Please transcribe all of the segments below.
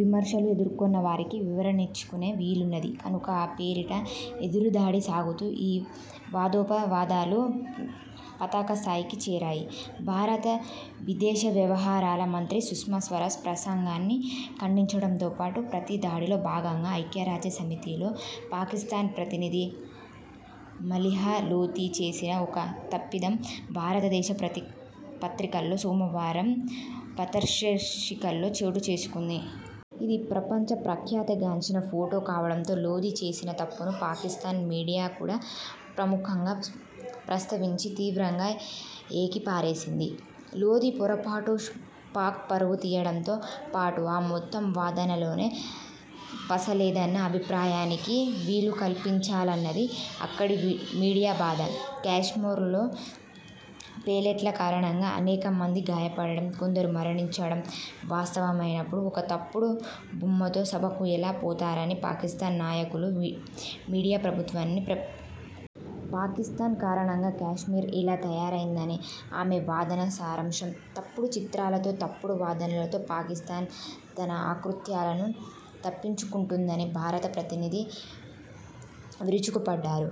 విమర్శలు ఎదుర్కొన్నవారికి వివరణనిచ్చుకొనే వీలున్నది కనుక ఆ పేరిట ఎదురుదాడి సాగుతూ ఈ వాదోపవాదాలు పతాకస్థాయికి చేరాయి. భారత విదేశవ్యవహారాల మంత్రి సుష్మాస్వరాజ్ ప్రసంగాన్నిఖండించడంతోపాటు, ప్రతిదాడిలో భాగంగా ఐక్యరాజ్యసమితిలో పాకిస్థాన్ ప్రతినిధి మలీహా లోథీ చేసిన ఒక తప్పిదం భారతదేశ ప్రతి పత్రికల్లో సోమవారం పతశీర్షికల్లో చోటుచేసుకుంది. ఇది ప్రపంచ ప్రఖ్యాతిగాంచిన ఫోటో కావడంతో లోధీ చేసిన తప్పును పాకిస్థాన్ మీడియా కూడా ప్రముఖంగా ప్రస్తవించి, తీవ్రంగా ఏకిపారేసింది. లోధీ పొరపాటు పాక్ పరువు తీయడంతో పాటు, ఆ మొత్తం వాదనలోనే పసలేదన్న అభిప్రాయానికి వీలు కల్పించాలన్నది అక్కడి మీడియా బాధ. కశ్మీర్లో పెల్లెట్ల కారణంగా అనేకమంది గాయపడటం, కొందరు మరణించడం వాస్తవమైనప్పుడు, ఒక తప్పుడు బొమ్మతో సభకు ఎలా పోతారని పాకిస్థాన్ నాయకులు, మీడియా ప్రభుత్వాన్ని ప్ర పాకిస్థాన్ కారణంగా కశ్మీర్ ఇలా తయారైందని ఆమె వాదన సారాంశం. తప్పుడు చిత్రాలతో, తప్పుడు వాదనలతో పాకిస్థాన్ తన అకృత్యాలను తప్పించ్చుకుంటున్నదని భారత ప్రతినిధి విరుచుకుపడ్డారు.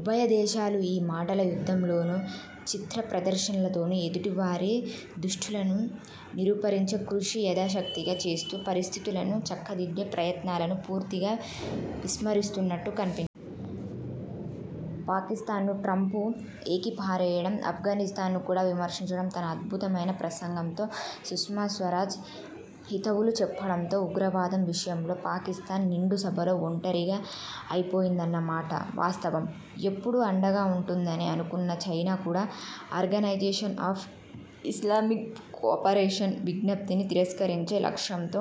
ఉభయదేశాలూ ఈ మాటల యుద్ధంలోనూ, చిత్ర ప్రదర్శనలతోనూ ఎదుటివారి దుష్టులను నిరూపిరించే కృషి యథాశక్తిగా చేస్తూ, పరిస్థితులను చక్కదిద్దే ప్రయత్నాలను పూర్తిగా విస్మరిస్తున్నట్టు కనిపిస్తు పాకిస్థాన్ను ట్రంప్ ఏకిపారేయడం, అఫ్ఘానిస్థాన్ కూడా విమర్శించడం, తన అద్భుతమైన ప్రసంగంతో సుష్మా స్వరాజ్ హితవులు చెప్పడంతో ఉగ్రవాదం విషయంలో పాకిస్థాన్ నిండుసభలో ఒంటరిగా అయిపోయిందన్నమాట వాస్తవం. ఎప్పుడూ అండగా ఉంటుందని అనుకున్న చైనా కూడా ఆర్గనైజేషన్ ఆఫ్ ఇస్లామిక్ కోపరేషన్ విజ్ఞప్తిని తిరస్కరించే లక్ష్యంతో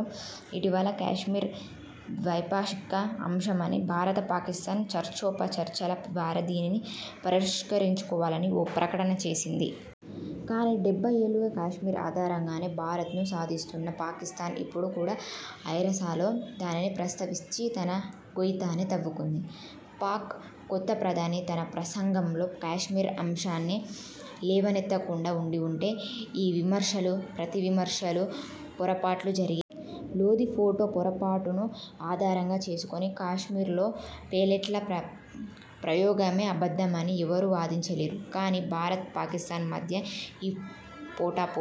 ఇటీవలే కశ్మీర్ ద్వైపాక్షిక అంశమనీ, భారత్ పాకిస్థాన్ చర్చోపచర్చల ద్వారా దీనిని పరిష్కరించుకోవాలని ఓ ప్రకటన చేసింది. కానీ, డెబ్భై ఏళ్ళుగా కశ్మీర్ ఆధారంగానే భారత్ను సాధిస్తున్న పాకిస్థాన్ ఇప్పుడు కూడా ఐరాసలో దానిని ప్రస్తావించి తన గొయ్యి తానే తవ్వుకుంది. పాక్ కొత్త ప్రధాని తన ప్రసంగంలో కశ్మీర్ అంశాన్ని లెవనెత్తకుండా ఉండి వుంటే ఈ విమర్శలు, ప్రతివిమర్శలు, పొరపాట్లు జరిగే లోధీ ఫోటో పొరపాటును ఆధారంగా చేసుకొని కశ్మీర్లో పెల్లెట్ల ప్ర ప్రయోగమే అబద్ధమని ఎవరూ వాదించలేరు. కానీ, భారత్ పాకిస్థాన్ మధ్య ఈ పోటాపో